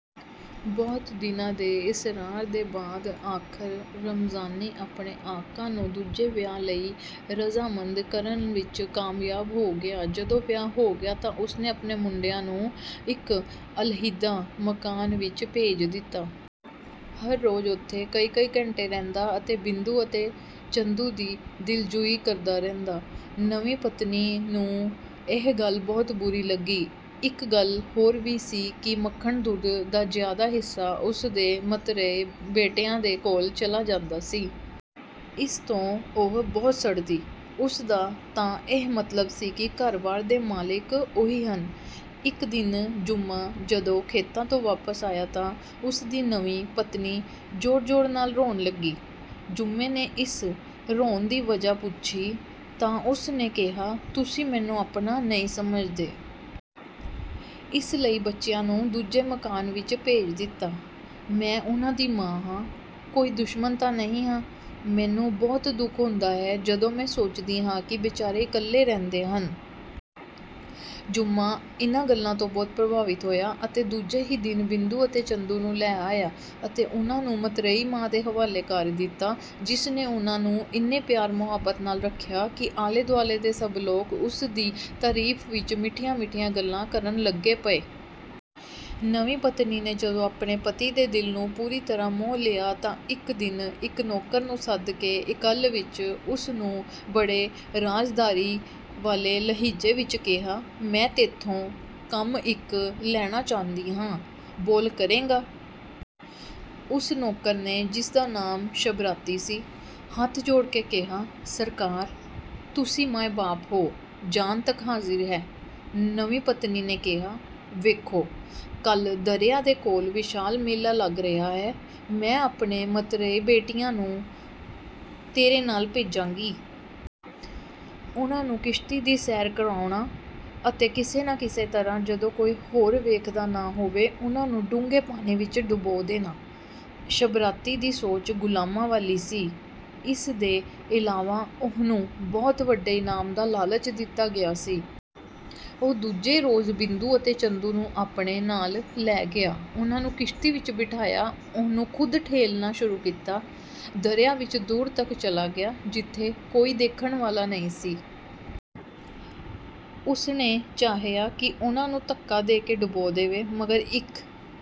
ਬਹੁਤ ਦਿਨਾਂ ਦੇ ਇਸਰਾਰ ਦੇ ਬਾਅਦ ਆਖ਼ਰ ਰਮਜ਼ਾਨੀ ਆਪਣੇ ਆਕਾ ਨੂੰ ਦੂਜੇ ਵਿਆਹ ਲਈ ਰਜ਼ਾਮੰਦ ਕਰਨ ਵਿੱਚ ਕਾਮਯਾਬ ਹੋ ਗਿਆ। ਜਦੋਂ ਵਿਆਹ ਹੋ ਗਿਆ ਤਾਂ ਉਸਨੇ ਆਪਣੇ ਮੁੰਡਿਆਂ ਨੂੰ ਇੱਕ ਅਲਹਿਦਾ ਮਕਾਨ ਵਿੱਚ ਭੇਜ ਦਿੱਤਾ। ਹਰ ਰੋਜ਼ ਉੱਥੇ ਕਈ ਕਈ ਘੰਟੇ ਰਹਿੰਦਾ ਅਤੇ ਬਿੰਦੂ ਅਤੇ ਚੰਦੂ ਦੀ ਦਿਲਜੂਈ ਕਰਦਾ ਰਹਿੰਦਾ। ਨਵੀਂ ਪਤਨੀ ਨੂੰ ਇਹ ਗੱਲ ਬਹੁਤ ਬੁਰੀ ਲੱਗੀ। ਇੱਕ ਗੱਲ ਹੋਰ ਵੀ ਸੀ ਕਿ ਮੱਖਣ-ਦੁੱਧ ਦਾ ਜ਼ਿਆਦਾ ਹਿੱਸਾ ਉਸਦੇ ਮਤਰੇਏ ਬੇਟਿਆਂ ਦੇ ਕੋਲ ਚਲਾ ਜਾਂਦਾ ਸੀ। ਇਸ ਤੋਂ ਉਹ ਬਹੁਤ ਸੜਦੀ, ਉਸਦਾ ਤਾਂ ਇਹ ਮਤਲਬ ਸੀ ਕਿ ਘਰ-ਵਾਰ ਦੇ ਮਾਲਿਕ ਉਹੀ ਹਨ। ਇੱਕ ਦਿਨ ਜੁੰਮਾ ਜਦੋਂ ਖੇਤਾਂ ਤੋਂ ਵਾਪਸ ਆਇਆ ਤਾਂ ਉਸਦੀ ਨਵੀਂ ਪਤਨੀ ਜ਼ੋਰ-ਜ਼ੋਰ ਨਾਲ ਰੋਣ ਲੱਗੀ। ਜੁੰਮੇ ਨੇ ਇਸ ਰੋਣ ਦੀ ਵਜ੍ਹਾ ਪੁੱਛੀ ਤਾਂ ਉਸਨੇ ਕਿਹਾ, ਤੁਸੀਂ ਮੈਨੂੰ ਆਪਣਾ ਨਹੀਂ ਸਮਝਦੇ। ਇਸ ਲਈ ਬੱਚਿਆਂ ਨੂੰ ਦੂਜੇ ਮਕਾਨ ਵਿੱਚ ਭੇਜ ਦਿੱਤਾ। ਮੈਂ ਉਨ੍ਹਾਂ ਦੀ ਮਾਂ ਹਾਂ, ਕੋਈ ਦੁਸ਼ਮਨ ਤਾਂ ਨਹੀਂ ਹਾਂ। ਮੈਨੂੰ ਬਹੁਤ ਦੁੱਖ ਹੁੰਦਾ ਹੈ ਜਦੋਂ ਮੈਂ ਸੋਚਦੀ ਹਾਂ ਕਿ ਬੇਚਾਰੇ ਇਕੱਲੇ ਰਹਿੰਦੇ ਹਨ। ਜੁੰਮਾ ਇਨ੍ਹਾਂ ਗੱਲਾਂ ਤੋਂ ਬਹੁਤ ਪ੍ਰਭਾਵਿਤ ਹੋਇਆ ਅਤੇ ਦੂਜੇ ਹੀ ਦਿਨ ਬਿੰਦੂ ਅਤੇ ਚੰਦੂ ਨੂੰ ਲੈ ਆਇਆ ਅਤੇ ਉਨ੍ਹਾਂ ਨੂੰ ਮਤ੍ਰੇਈ ਮਾਂ ਦੇ ਹਵਾਲੇ ਕਰ ਦਿੱਤਾ ਜਿਸ ਨੇ ਉਨ੍ਹਾਂ ਨੂੰ ਇੰਨੇ ਪਿਆਰ-ਮੁਹੱਬਤ ਨਾਲ਼ ਰੱਖਿਆ ਕਿ ਆਲੇ ਦੁਆਲੇ ਦੇ ਸਭ ਲੋਕ ਉਸਦੀ ਤਾਰੀਫ਼ ਵਿੱਚ ਮਿੱਠੀਆਂ ਮਿੱਠੀਆਂ ਗੱਲਾਂ ਕਰਨ ਲੱਗੇ ਪਏ। ਨਵੀਂ ਪਤਨੀ ਨੇ ਜਦੋਂ ਆਪਣੇ ਪਤੀ ਦੇ ਦਿਲ ਨੂੰ ਪੂਰੀ ਤਰ੍ਹਾਂ ਮੋਹ ਲਿਆ ਤਾਂ ਇੱਕ ਦਿਨ ਇੱਕ ਨੌਕਰ ਨੂੰ ਸੱਦ ਕੇ ਇਕੱਲ ਵਿੱਚ ਉਸ ਨੂੰ ਬੜੇ ਰਾਜ਼ਦਾਰੀ ਵਾਲੇ ਲਹਿਜੇ ਵਿੱਚ ਕਿਹਾ, "ਮੈਂ ਤੈਥੋਂ ਕੰਮ ਇੱਕ ਲੈਣਾ ਚਾਹੁੰਦੀ ਹਾਂ, ਬੋਲ ਕਰੇਂਗਾ?" ਉਸ ਨੌਕਰ ਨੇ ਜਿਸਦਾ ਨਾਮ ਸ਼ਬਰਾਤੀ ਸੀ, ਹੱਥ ਜੋੜ ਕੇ ਕਿਹਾ, "ਸਰਕਾਰ! ਤੁਸੀਂ ਮਾਈ-ਬਾਪ ਹੋ, ਜਾਨ ਤੱਕ ਹਾਜ਼ਿਰ ਹੈ।" ਨਵੀਂ ਪਤਨੀ ਨੇ ਕਿਹਾ, "ਵੇਖੋ, ਕੱਲ ਦਰਿਆ ਦੇ ਕੋਲ ਵਿਸ਼ਾਲ ਮੇਲਾ ਲੱਗ ਰਿਹਾ ਹੈ, ਮੈਂ ਆਪਣੇ ਮਤਰੇਏ ਬੇਟਿਆਂ ਨੂੰ ਤੇਰੇ ਨਾਲ਼ ਭੇਜਾਂਗੀ। ਉਨ੍ਹਾਂ ਨੂੰ ਕਿਸ਼ਤੀ ਦੀ ਸੈਰ ਕਰਾਉਣਾ ਅਤੇ ਕਿਸੇ ਨਾ ਕਿਸੇ ਤਰ੍ਹਾਂ ਜਦੋਂ ਕੋਈ ਹੋਰ ਵੇਖਦਾ ਨਾ ਹੋਵੇ ਉਨ੍ਹਾਂ ਨੂੰ ਡੂੰਘੇ ਪਾਣੀ ਵਿੱਚ ਡੁਬੋ ਦੇਣਾ।" ਸ਼ਬਰਾਤੀ ਦੀ ਸੋਚ ਗੁਲਾਮਾਂ ਵਾਲੀ ਸੀ, ਇਸਦੇ ਇਲਾਵਾ ਉਹਨੂੰ ਬਹੁਤ ਵੱਡੇ ਇਨਾਮ ਦਾ ਲਾਲਚ ਦਿੱਤਾ ਗਿਆ ਸੀ। ਉਹ ਦੂਜੇ ਰੋਜ਼ ਬਿੰਦੂ ਅਤੇ ਚੰਦੂ ਨੂੰ ਆਪਣੇ ਨਾਲ਼ ਲੈ ਗਿਆ। ਉਨ੍ਹਾਂ ਨੂੰ ਕਿਸ਼ਤੀ ਵਿੱਚ ਬਿਠਾਇਆ, ਉਹਨੂੰ ਖ਼ੁਦ ਠੇਲ੍ਹਣਾ ਸ਼ੁਰੂ ਕੀਤਾ। ਦਰਿਆ ਵਿੱਚ ਦੂਰ ਤੱਕ ਚਲਾ ਗਿਆ, ਜਿੱਥੇ ਕੋਈ ਦੇਖਣ ਵਾਲਾ ਨਹੀਂ ਸੀ। ਉਸਨੇ ਚਾਹਿਆ ਕਿ ਉਨ੍ਹਾਂ ਨੂੰ ਧੱਕਾ ਦੇ ਕੇ ਡੁਬੋ ਦੇਵੇ ਮਗਰ ਇੱਕ